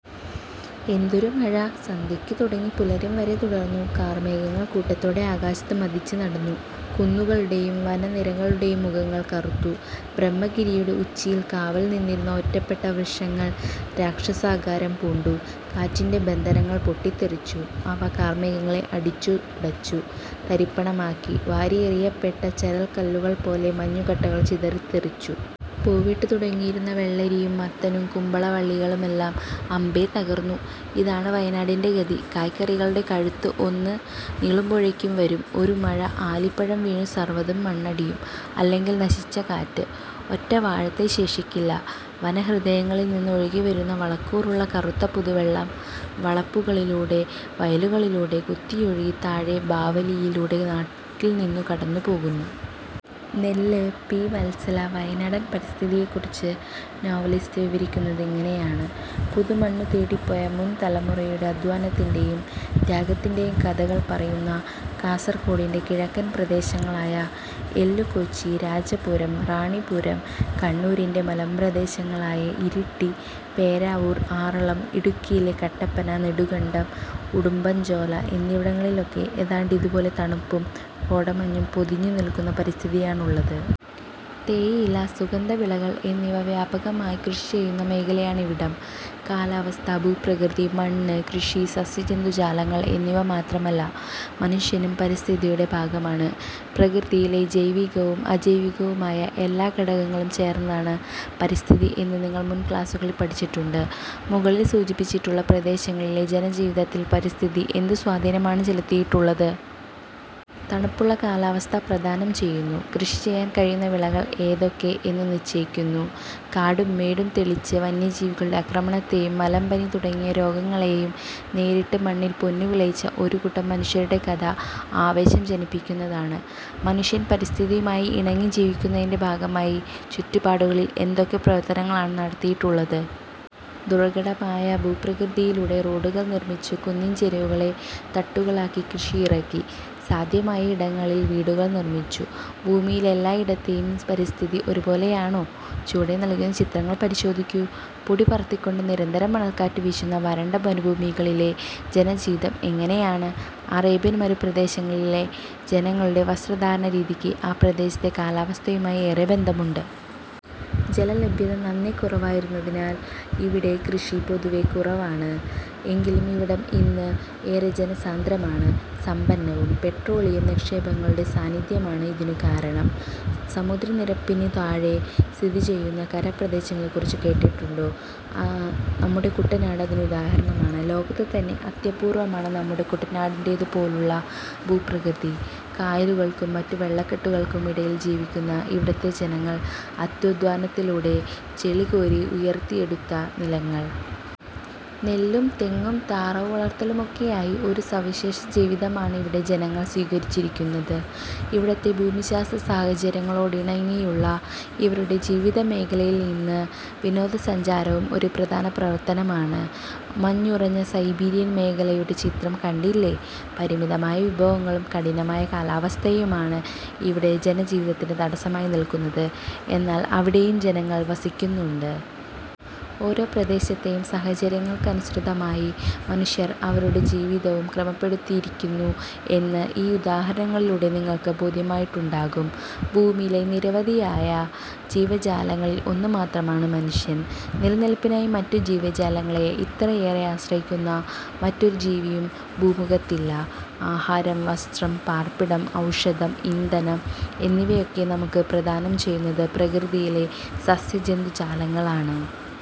എന്തൊരു മഴ! സന്ധ്യക്കു തുടങ്ങി പുലരും വരെ തുടർന്നു. കാർമേഘങ്ങൾ കൂട്ടത്തോടെ ആകാശത്തു മദിച്ചു നടന്നു. കുന്നുകളുടെയും വനനിരകളുടെയും മുഖങ്ങൾ കറുത്തു. ബ്രഹ്മഗിരിയുടെ ഉച്ചിയിൽ കാവൽ നിന്നിരുന്ന ഒറ്റപ്പെട്ട വൃക്ഷങ്ങൾ രാക്ഷസാകാരം പൂണ്ടു. കാറ്റിന്റെ ബന്ധനങ്ങൾ പൊട്ടിത്തെറിച്ചു. അവ കാർമേഘങ്ങളെ അടിച്ചുടച്ചു തരിപ്പണമാക്കി. വാരിയെറിയപ്പെട്ട ചരൽക്കല്ലുകൾപോലെ, മഞ്ഞുകട്ടകൾ ചിതറിത്തെറിച്ചു. പൂവിട്ടു തുടങ്ങിയിരുന്ന വെള്ളരിയും മത്തനും കുമ്പള വള്ളികളുമെല്ലാം അമ്പേ തകർന്നു.... ഇതാണ് വയനാടിന്റെ ഗതി. കായ്കറികളുടെ കഴുത്ത് ഒന്നു നീളുമ്പോഴേക്കും വരും, ഒരു മഴ ആലിപ്പഴം വീണു സർവതും മണ്ണടിയും. അല്ലെങ്കിൽ നശിച്ച കാറ്റ്! ഒറ്റ വാഴത്തൈ ശേഷിക്കില്ല. വനഹൃദയങ്ങളിൽനിന്ന് ഒഴുകിവരുന്ന വളക്കൂറുള്ള കറുത്ത പുതുവെള്ളം വളപ്പുകളിലൂടെ, വയലുകളിലൂടെ കുത്തിയൊഴുകി താഴെ ബാവലിയിലൂടെ നാട്ടിൽനിന്നു കടന്നുപോകുന്നു. നെല്ല്, പി. വത്സല. വയനാടൻ പരിസ്ഥിതിയെക്കുറിച്ച് നോവലിസ്റ്റ് വിവരിക്കുന്നത് ഇങ്ങനെയാണ്. പുതുമണ്ണുതേടിപ്പോയ മുൻതലമുറയുടെ അധ്വാനത്തിന്റെയും ത്യാഗത്തിന്റെയും കഥകൾ പറയുന്ന കാസർകോടിന്റെ കിഴക്കൻ പ്രദേശങ്ങളായ എല്ലുകോച്ചി, രാജപുരം, റാണിപുരം, കണ്ണൂരിന്റെ മലമ്പ്രദേശങ്ങളായ ഇരിട്ടി, പേരാവൂർ, ആറളം, ഇടുക്കിയിലെ കട്ടപ്പന, നെടുങ്കണ്ടം, ഉടുമ്പഞ്ചോല എന്നിവിടങ്ങളിലൊക്കെ ഏതാണ്ടിതുപോലെ തണുപ്പും കോടമഞ്ഞും പൊതിഞ്ഞുനിൽക്കുന്ന പരിസ്ഥിതിയാണുള്ളത്. തേയില, സുഗന്ധവിളകൾ എന്നിവ വ്യാപകമായി കൃഷിചെയ്യുന്ന മേഖലയാണിവിടം. കാലാവസ്ഥ, ഭൂപ്രകൃതി, മണ്ണ്, കൃഷി, സസ്യജന്തുജാലങ്ങൾ എന്നിവ മാത്രമല്ല, മനുഷ്യനും പരിസ്ഥിതിയുടെ ഭാഗമാണ്. പ്രകൃതിയിലെ ജൈവികവും അജൈവികവുമായ എല്ലാ ഘടകങ്ങളും ചേർന്നതാണ് പരിസ്ഥിതി എന്നു നിങ്ങൾ മുൻക്ലാസുകളിൽ പഠിച്ചിട്ടുണ്ട്. മുകളിൽ സൂചിപ്പിച്ചിട്ടുള്ള പ്രദേശങ്ങളിലെ ജനജീവിതത്തിൽ പരിസ്ഥിതി എന്തു സ്വാധീനമാണ് ചെലുത്തിയിട്ടുള്ളത്? തണുപ്പുള്ള കാലാവസ്ഥ പ്രദാനം ചെയ്യുന്നു. കൃഷിചെയ്യാൻ കഴിയുന്ന വിളകൾ ഏതൊക്കെ എന്നു നിശ്ചയിക്കുന്നു. കാടും മേടും തെളിച്ച് വന്യജീവികളുടെ ആക്രമണത്തെയും മലമ്പനി തുടങ്ങിയ രോഗങ്ങളെയും നേരിട്ട് മണ്ണിൽ പൊന്നുവിളയിച്ച ഒരു കൂട്ടം മനുഷ്യരുടെ കഥ ആവേശം ജനിപ്പിക്കുന്നതാണ്. മനുഷ്യൻ പരിസ്ഥിതിയുമായി ഇണങ്ങി ജീവിക്കുന്നതിന്റെ ഭാഗമായി ചുറ്റുപാടുകളിൽ എന്തൊക്കെ പ്രവർത്തനങ്ങളാണ് നടത്തിയിട്ടുള്ളത്? ദുർഘടമായ ഭൂപ്രകൃതിയിലൂടെ റോഡുകൾ നിർമിച്ചു. കുന്നിൻചരിവുകളെ തട്ടുകളാക്കി കൃഷിയിറക്കി. സാധ്യമായ ഇടങ്ങളിൽ വീടുകൾ നിർമിച്ചു. ഭൂമിയിൽ എല്ലായിടത്തെയും പരിസ്ഥിതി ഒരുപോലെയാണോ? ചുവടെ നൽകിയ ചിത്രങ്ങൾ പരിശോധിക്കൂ. പൊടി പറത്തിക്കൊണ്ട് നിരന്തരം മണൽക്കാറ്റു വീശുന്ന വരണ്ട മരുഭൂമികളിലെ ജനജീവിതം എങ്ങനെയാണ്? അറേബ്യൻ മരുപ്രദേശങ്ങളിലെ ജനങ്ങളുടെ വസ്ത്രധാരണരീതിക്ക് ആ പ്രദേശത്തെ കാലാവസ്ഥയുമായി ഏറെ ബന്ധമുണ്ട്. ജലലഭ്യത നന്നേ കുറവായിരുന്നതിനാൽ ഇവിടെ കൃഷി പൊതുവെ കുറവാണ്. എങ്കിലും ഇവിടം ഇന്ന് ഏറെ ജനസാന്ദ്രമാണ്; സമ്പന്നവും. പെട്രോളിയം നിക്ഷേപങ്ങളുടെ സാന്നിധ്യമാണ് ഇതിനു കാരണം. സമുദ്രനിരപ്പിനും താഴെ സ്ഥിതിചെയ്യുന്ന കരപ്രദേശങ്ങളെക്കുറിച്ച് കേട്ടിട്ടുണ്ടോ? നമ്മുടെ കുട്ടനാട് അതിനുദാഹരണമാണ്. ലോകത്തുതന്നെ അത്യ പൂർവമാണ് നമ്മുടെ കുട്ടനാടിന്റേതുപോലുള്ള ഭൂപ്രകൃതി. കായലുകൾക്കും മറ്റു വെള്ളക്കെട്ടുകൾക്കും ഇടയിൽ ജീവിക്കുന്ന ഇവിടത്തെ ജനങ്ങൾ അത്യധ്വാനത്തിലൂടെ ചെളികോരി ഉയർത്തിയെടുത്ത നിലങ്ങൾ. നെല്ലും തെങ്ങും താറാവു വളർത്തലുമൊക്കെയായി ഒരു സവിശേഷ ജീവിതമാണിവിടെ ജനങ്ങൾ സ്വീകരിച്ചിരിക്കുന്നത്. ഇവിടത്തെ ഭൂമിശാസ്ത്രസാഹചര്യങ്ങളോടിണങ്ങിയുള്ള ഇവരുടെ ജീവിതമേഖലയിൽ ഇന്ന് വിനോദസഞ്ചാരവും ഒരു പ്രധാന പ്രവർത്തനമാണ്. മഞ്ഞുറഞ്ഞ സൈബീരിയൻ മേഖലയുടെ ചിത്രം കണ്ടില്ലേ. പരിമിതമായ വിഭവങ്ങളും കഠിനമായ കാലാവസ്ഥയുമാണ് ഇവിടെ ജനജീവിതത്തിന് തടസ്സമായി നിൽക്കുന്നത്. എന്നാൽ അവിടെയും ജനങ്ങൾ വസിക്കുന്നുണ്ട്. ഓരോ പ്രദേശത്തെയും സാഹചര്യങ്ങൾക്കനുസൃതമായി മനുഷ്യർ അവരുടെ ജീവിതവും ക്രമപ്പെടുത്തിയിരിക്കുന്നു എന്ന് ഈ ഉദാഹരണങ്ങളിലൂടെ നിങ്ങൾക്ക് ബോധ്യമായിട്ടുണ്ടാകും. ഭൂമിയിലെ നിരവധിയായ ജീവജാലങ്ങളിൽ ഒന്നുമാത്രമാണ് മനുഷ്യൻ. നില നിൽപ്പിനായി മറ്റു ജീവജാലങ്ങളെ ഇത്രയേറെ ആശ്രയിക്കുന്ന മറ്റൊരു ജീവിയും ഭൂമുഖത്തില്ല. ആഹാരം, വസ്ത്രം, പാർപ്പിടം, ഔഷധം, ഇന്ധനം എന്നിവയൊക്കെ നമുക്ക് പ്രദാനം ചെയ്യുന്നത് പ്രകൃതിയിലെ സസ്യജന്തു ജാലങ്ങളാണ്.